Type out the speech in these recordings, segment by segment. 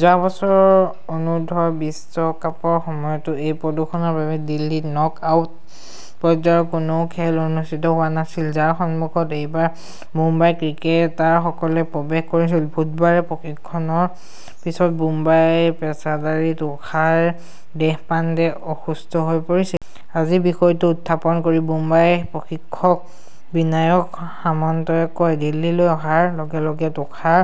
যোৱা বছৰ অনূৰ্ধ্ব- বিশ্বকাপৰ সময়তো এই প্ৰদূষণৰ বাবে দিল্লীত নক-আউট পৰ্যায়ৰ কোনো খেল অনুষ্ঠিত হোৱা নাছিল, যাৰ সন্মুখত এইবাৰ মুম্বাইৰ ক্ৰিকেটাৰসকলে প্ৰৱেশ কৰিছিল। বুধবাৰে প্ৰশিক্ষণৰ পিছত মুম্বাইৰ পেচাদাৰী তুষাৰ দেশপাণ্ডে অসুস্থ হৈ পৰিছিল। আজি বিষয়টো উত্থাপন কৰি মুম্বাইৰ প্ৰশিক্ষক বিনায়ক সামন্তই কয়, "দিল্লীলৈ অহাৰ লগে লগে তুষাৰ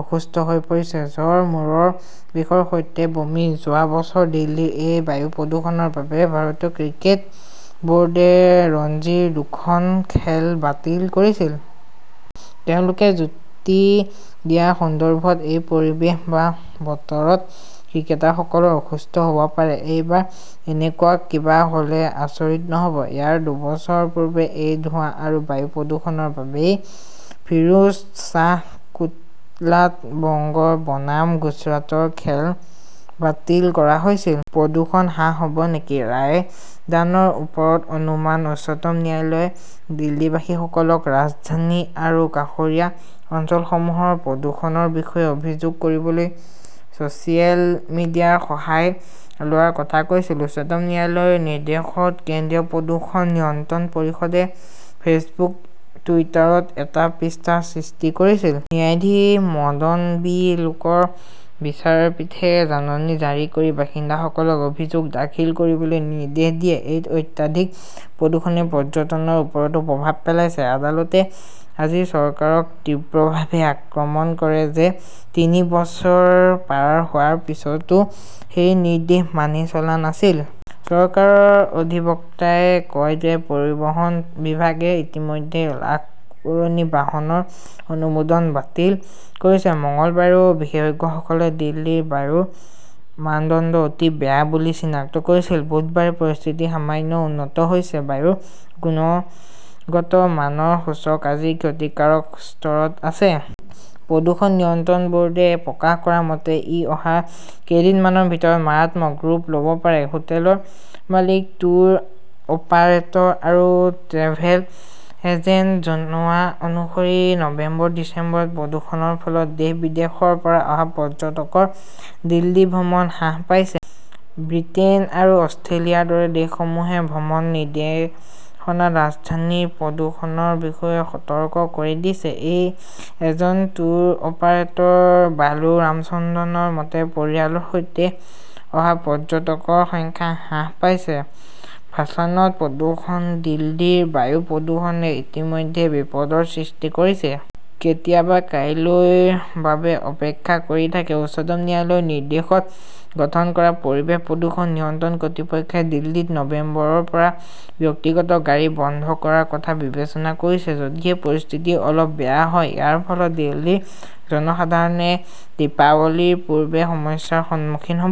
অসুস্থ হৈ পৰিছে। জ্বৰ, মূৰৰ বিষৰ সৈতে বমি। যোৱা বছৰ দিল্লীৰ এই বায়ু প্ৰদূষণৰ বাবে ভাৰতীয় ক্ৰিকেট বৰ্ডে ৰঞ্জীৰ দুখন খেল বাতিল কৰিছিল। তেওঁলোকে যুক্তি দিয়া সন্দৰ্ভত, এই পৰিৱেশ বা বতৰত ক্ৰিকেটাৰসকল অসুস্থ হব পাৰে। এইবাৰ এনেকুৱা কিবা হ'লে, আচৰিত নহব। ইয়াৰ দুবছৰ পূৰ্বে এই ধোঁৱা আৰু বায়ু প্ৰদূষণৰ বাবেই ফিৰোজ শ্বাহ কোটলাত বংগ বনাম গুজৰাটৰ খেল বাতিল কৰা হৈছিল। প্ৰদূষণ হ্ৰাস হব নেকি? ৰায়দানৰ ওপৰত অনুমান উচ্চতম ন্যায়ালয়ে দিল্লীবাসীসকলক ৰাজধানী আৰু কাষৰীয়া অঞ্চলসমূহৰ প্ৰদূষণৰ বিষয়ে অভিযোগ কৰিবলৈ ছচিয়েল মিডিয়াৰ সহায় লোৱাৰ কথা কৈছিল। উচ্চতম ন্যায়ালয়ৰ নিৰ্দেশত কেন্দ্ৰীয় প্ৰদূষণ নিয়ন্ত্ৰণ পৰিষদে ফেচবুক-টুইটাৰত এটা পৃষ্ঠা সৃষ্টি কৰিছিল। ন্যায়াধীশ মদন বি লোকুৰৰ বিচাৰপীঠে জাননী জাৰি কৰি বাসিন্দাসকলক অভিযোগ দাখিল কৰিবলৈ নিৰ্দেশ দিয়ে। এই অত্যাধিক প্ৰদূষণে পৰ্যটনৰ ওপৰতো প্ৰভাৱ পেলাইছে। আদালতে আজি চৰকাৰক তীব্ৰভাৱে আক্ৰমণ কৰে যে, তিনি বছৰ পাৰ হোৱাৰ পিছতো সেই নিৰ্দেশ মানি চলা নাছিল। চৰকাৰৰ অধিবক্তাই কয় যে, পৰিবহণ বিভাগে ইতিমধ্যে লাখ পুৰণি বাহনৰ অনুমোদন বাতিল কৰিছে। মঙলবাৰেও বিশেষজ্ঞসকলে দিল্লীৰ বায়ুৰ মানদণ্ড অতি বেয়া বুলি চিনাক্ত কৰিছিল। বুধবাৰে পৰিস্থিতি সামান্য উন্নত হৈছে। বায়ুৰ গুণগত মানৰ সূচক আজি ক্ষতিকাৰক স্তৰত আছে। প্ৰদূষণ নিয়ন্ত্ৰণ বোৰ্ডে প্ৰকাশ কৰা মতে, ই অহা কেইদিনমানৰ ভিতৰত "মাৰাত্মক" ৰূপ লব পাৰে। হোটেলৰ মালিক, ট্যুৰ অপাৰেটৰ আৰু ট্ৰেভেল এজেণ্টে জনোৱা অনুসৰি, নৱেম্বৰ-ডিচেম্বৰত প্ৰদূষণৰ ফলত দেশ-বিদেশৰ পৰা অহা পৰ্যটকৰ দিল্লী ভ্ৰমণ হ্ৰাস পাইছে। ব্ৰিটেইন আৰু অষ্ট্ৰেলিয়াৰ দৰে দেশসমূহে ভ্ৰমণ নিৰ্দেশনাত ৰাজধানীৰ প্ৰদূষণৰ বিষয়ে সতৰ্ক কৰি দিছে। এজন ট্যুৰ অপাৰেটৰ বালু ৰামচন্দ্ৰনৰ মতে, "পৰিয়ালৰ সৈতে অহা পৰ্যটকৰ সংখ্যা হ্ৰাস পাইছে"। ভাছানত প্ৰদূষণ দিল্লীৰ বায়ু প্ৰদূষণে ইতিমধ্যে বিপদৰ সৃষ্টি কৰিছে। কেতিয়াবা কাইলৈৰ বাবে অপেক্ষা কৰি থাকে। উচ্চতম ন্যায়ালয়ৰ নিৰ্দেশত গঠন কৰা "পৰিৱেশ প্ৰদূষণ নিয়ন্ত্ৰণ কৰ্তৃপক্ষই" দিল্লীত নৱেম্বৰৰ পৰা ব্যক্তিগত গাড়ী বন্ধ কৰাৰ কথা বিবেচনা কৰিছে, যদিহে পৰিস্থিতি অলপ বেয়া হয়। ইয়াৰ ফলত দিল্লীৰ জনসাধাৰণে দীপাৱলীৰ পূৰ্বেই সমস্যাৰ সন্মুখীন হব।